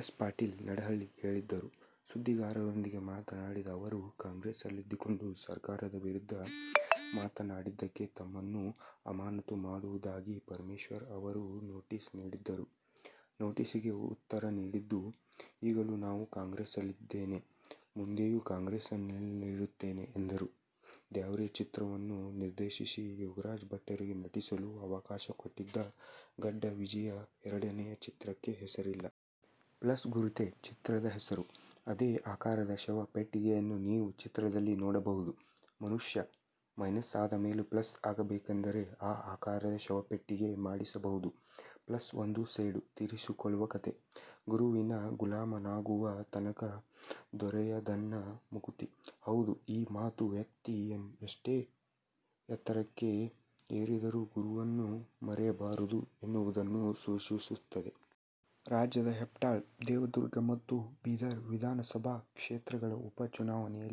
S. Patil Nadahalli ಹೇಳಿದರು. ಸುದ್ದಿಗಾರರೊಂದಿಗೆ ಮಾತನಾಡಿದ ಅವರು, ಕಾಂಗ್ರೆಸ್ನಲ್ಲಿದ್ದುಕೊಂಡು ಸರ್ಕಾರದ ವಿರುದ್ಧ ಮಾತನಾಡಿದ್ದಕ್ಕೆ ತಮ್ಮನ್ನು ಅಮಾನತು ಮಾಡುವುದಾಗಿ ಪರಮೇಶ್ವರ್ ಅವರು ನೋಟಿಸ್ ನೀಡಿದ್ದರು. ನೋಟಿಸ್ಗೆ ಉತ್ತರ ನೀಡಿದ್ದು, ಈಗಲೂ ನಾನು ಕಾಂಗ್ರೆಸ್ನಲ್ಲಿದ್ದೇನೆ. ಮುಂದೆಯೂ ಕಾಂಗ್ರೆಸ್ನಲ್ಲಿರುತ್ತೇನೆ ಎಂದರು. ದ್ಯಾವ್ರೇ ಚಿತ್ರವನ್ನು ನಿರ್ದೇಶಿಸಿ ಯೋಗರಾಜ ಭಟ್ಟರಿಗೆ ನಟಿಸಲು ಅವಕಾಶ ಕೊಟ್ಟಿದ್ದ ಗಡ್ಡ ವಿಜಿಯ ಎರಡನೆಯ ಚಿತ್ರಕ್ಕೆ ಹೆಸರಿಲ್ಲ. ಪ್ಲಸ್ ಗುರುತೇ ಚಿತ್ರದ ಹೆಸರು. ಅದೇ ಆಕಾರದ ಶವ ಪೆಟ್ಟಿಗೆಯನ್ನು ನೀವು ಚಿತ್ರದಲ್ಲಿ ನೋಡಬಹುದು. ಮನುಷ್ಯ ಮೈನಸ್ ಆದ ಮೇಲೂ ಪ್ಲಸ್ ಆಗಬೇಕೆಂದರೆ ಆ ಆಕಾರದ ಶವಪೆಟ್ಟಿಗೆ ಮಾಡಿಸಬಹುದು! ಪ್ಲಸ್ ಒಂದು ಸೇಡು ತೀರಿಸಿಕೊಳ್ಳುವ ಕತೆ. ಗುರುವಿನ ಗುಲಾಮನಾಗುವ ತನಕ ದೊರೆಯದಣ್ಣ ಮುಕುತಿ. ಹೌದು ಈ ಮಾತು ವ್ಯಕ್ತಿ ಎಷ್ಟೇ ಎತ್ತರಕ್ಕೆ ಎರಿದರೂ ಗುರುವನ್ನು ಮರೆಯಬಾರದು ಎನ್ನುವುದನ್ನು ಸೂಚಿಸುತ್ತದೆ. ರಾಜ್ಯದ ಹೆಬ್ಟಾಳ, ದೇವದುರ್ಗ ಮತ್ತು ಬೀದರ್ ವಿಧಾನಸಭಾ ಕ್ಷೇತ್ರಗಳ ಉಪ ಚುನಾವಣೆಯ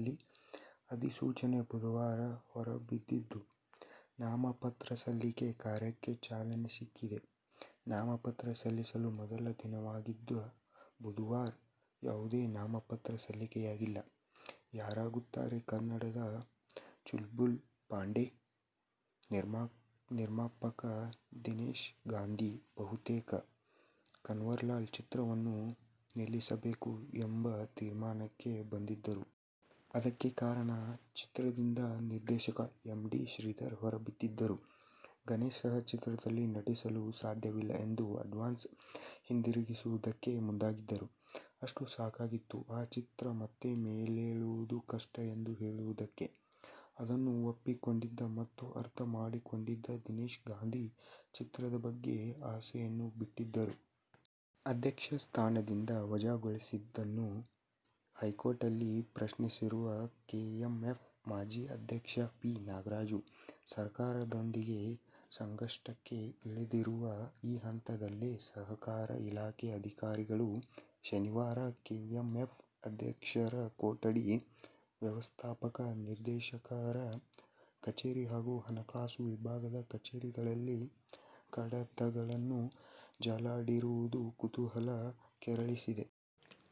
ಅಧಿಸೂಚನೆ ಬುಧವಾರ ಹೊರಬಿದ್ದಿದ್ದು, ನಾಮಪತ್ರಸಲ್ಲಿಕೆ ಕಾರ್ಯಕ್ಕೆ ಚಾಲನೆ ಸಿಕ್ಕಿದೆ. ನಾಮಪತ್ರ ಸಲ್ಲಿಸಲು ಮೊದಲ ದಿನವಾಗಿದ್ದ ಬುಧವಾರ ಯಾವುದೇ ನಾಮಪತ್ರ ಸಲ್ಲಿಕೆಯಾಗಿಲ್ಲ. ಯಾರಾಗುತ್ತಾರೆ ಕನ್ನಡದ ಚುಲ್ಬುಲ್ ಪಾಂಡೆ? ನಿರ್ಮಾಪಕ ದಿನೇಶ್ ಗಾಂಧಿ ಬಹುತೇಕ "ಕನ್ವರ್ಲಾಲ್' ಚಿತ್ರವನ್ನು ನಿಲ್ಲಿಸಬೇಕು ಎಂಬ ತೀರ್ಮಾನಕ್ಕೆ ಬಂದಿದ್ದರು. ಅದಕ್ಕೆ ಕಾರಣ ಚಿತ್ರದಿಂದ ನಿರ್ದೇಶಕ ಎಂ. ಡಿ. ಶ್ರೀಧರ್ ಹೊರಬಿದ್ದಿದ್ದರು. ಗಣೇಶ್ ಸಹ ಚಿತ್ರದಲ್ಲಿ ನಟಿಸಲು ಸಾಧ್ಯವಿಲ್ಲ ಎಂದು ಅಡ್ವಾನ್ಸ್ ಹಿಂದಿರಿಗಿಸುವುದಕ್ಕೆ ಮುಂದಾಗಿದ್ದರು. ಅಷ್ಟು ಸಾಕಾಗಿತ್ತು ಆ ಚಿತ್ರ ಮತ್ತೆ ಮೇಲೇಳುವುದು ಕಷ್ಟ ಎಂದು ಹೇಳುವುದಕ್ಕೆ. ಅದನ್ನು ಒಪ್ಪಿಕೊಂಡಿದ್ದ ಮತ್ತು ಅರ್ಥ ಮಾಡಿಕೊಂಡಿದ್ದ ದಿನೇಶ್ ಗಾಂಧಿ ಚಿತ್ರದ ಬಗ್ಗೆ ಆಸೆಯನ್ನು ಬಿಟ್ಟಿದ್ದರು. ಅಧ್ಯಕ್ಷ ಸ್ಥಾನದಿಂದ ವಜಾಗೊಳಿಸಿದ್ದನ್ನು ಹೈಕೋರ್ಟ್ನಲ್ಲಿ ಪ್ರಶ್ನಿಸಿರುವ ಕೆಎಂಎಫ್ ಮಾಜಿ ಅಧ್ಯಕ್ಷ ಪಿ. ನಾಗರಾಜು ಸರ್ಕಾರದೊಂದಿಗೆ ಸಂಘರ್ಷಕ್ಕೆ ಇಳಿದಿರುವ ಈ ಹಂತದಲ್ಲೇ ಸಹಕಾರ ಇಲಾಖೆ ಅಧಿಕಾರಿಗಳು ಶನಿವಾರ ಕೆಎಂಎಫ್ ಅಧ್ಯಕ್ಷರ ಕೊಠಡಿ, ವ್ಯವಸ್ಥಾಪಕ ನಿರ್ದೇಶಕರ ಕಚೇರಿ ಹಾಗೂ ಹಣಕಾಸು ವಿಭಾಗದ ಕಚೇರಿಗಳಲ್ಲಿ ಕಡತಗಳನ್ನು ಜಾಲಾಡಿರುವುದು ಕುತೂಹಲ ಕೆರಳಿಸಿದೆ.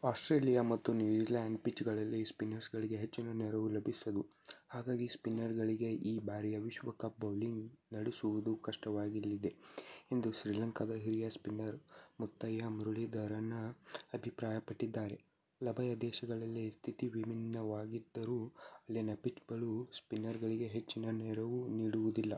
ಆಸ್ಟ್ರೇಲಿಯ ಮತ್ತು ನ್ಯೂಜಿಲ್ಯಾಂಡ್ನ ಪಿಚ್ಗಳಲ್ಲಿ ಸ್ಪಿನ್ನರ್ಗಳಿಗೆ ಹೆಚ್ಚಿನ ನೆರವು ಲಭಿಸದು. ಹಾಗಾಗಿ ಸ್ಪಿನ್ನರ್ಗಳಿಗೆ ಈ ಬಾರಿಯ ವಿಶ್ವಕಪ್ನಲ್ಲಿ ಬೌಲಿಂಗ್ ನಡೆಸುವುದಕ್ಕೆ ಕಷ್ಟವಾಗಲಿದೆ ಎಂದು ಶ್ರೀಲಂಕಾದ ಹಿರಿಯ ಸ್ಪಿನ್ನರ್ ಮುತ್ತಯ್ಯ ಮುರಳೀಧರನ್ ಅಭಿಪ್ರಾಯಪಟ್ಟಿದ್ದಾರೆ. ಉಭಯ ದೇಶಗಳಲ್ಲಿನ ಸ್ಥಿತಿ ವಿಭಿನ್ನ ವಾಗಿದ್ದರೂ ಅಲ್ಲಿನ ಪಿಚ್ಗಳು ಸ್ಪಿನ್ನರ್ಗಳಿಗೆ ಹೆಚ್ಚಿನ ನೆರವು ನೀಡುವುದಿಲ್ಲ.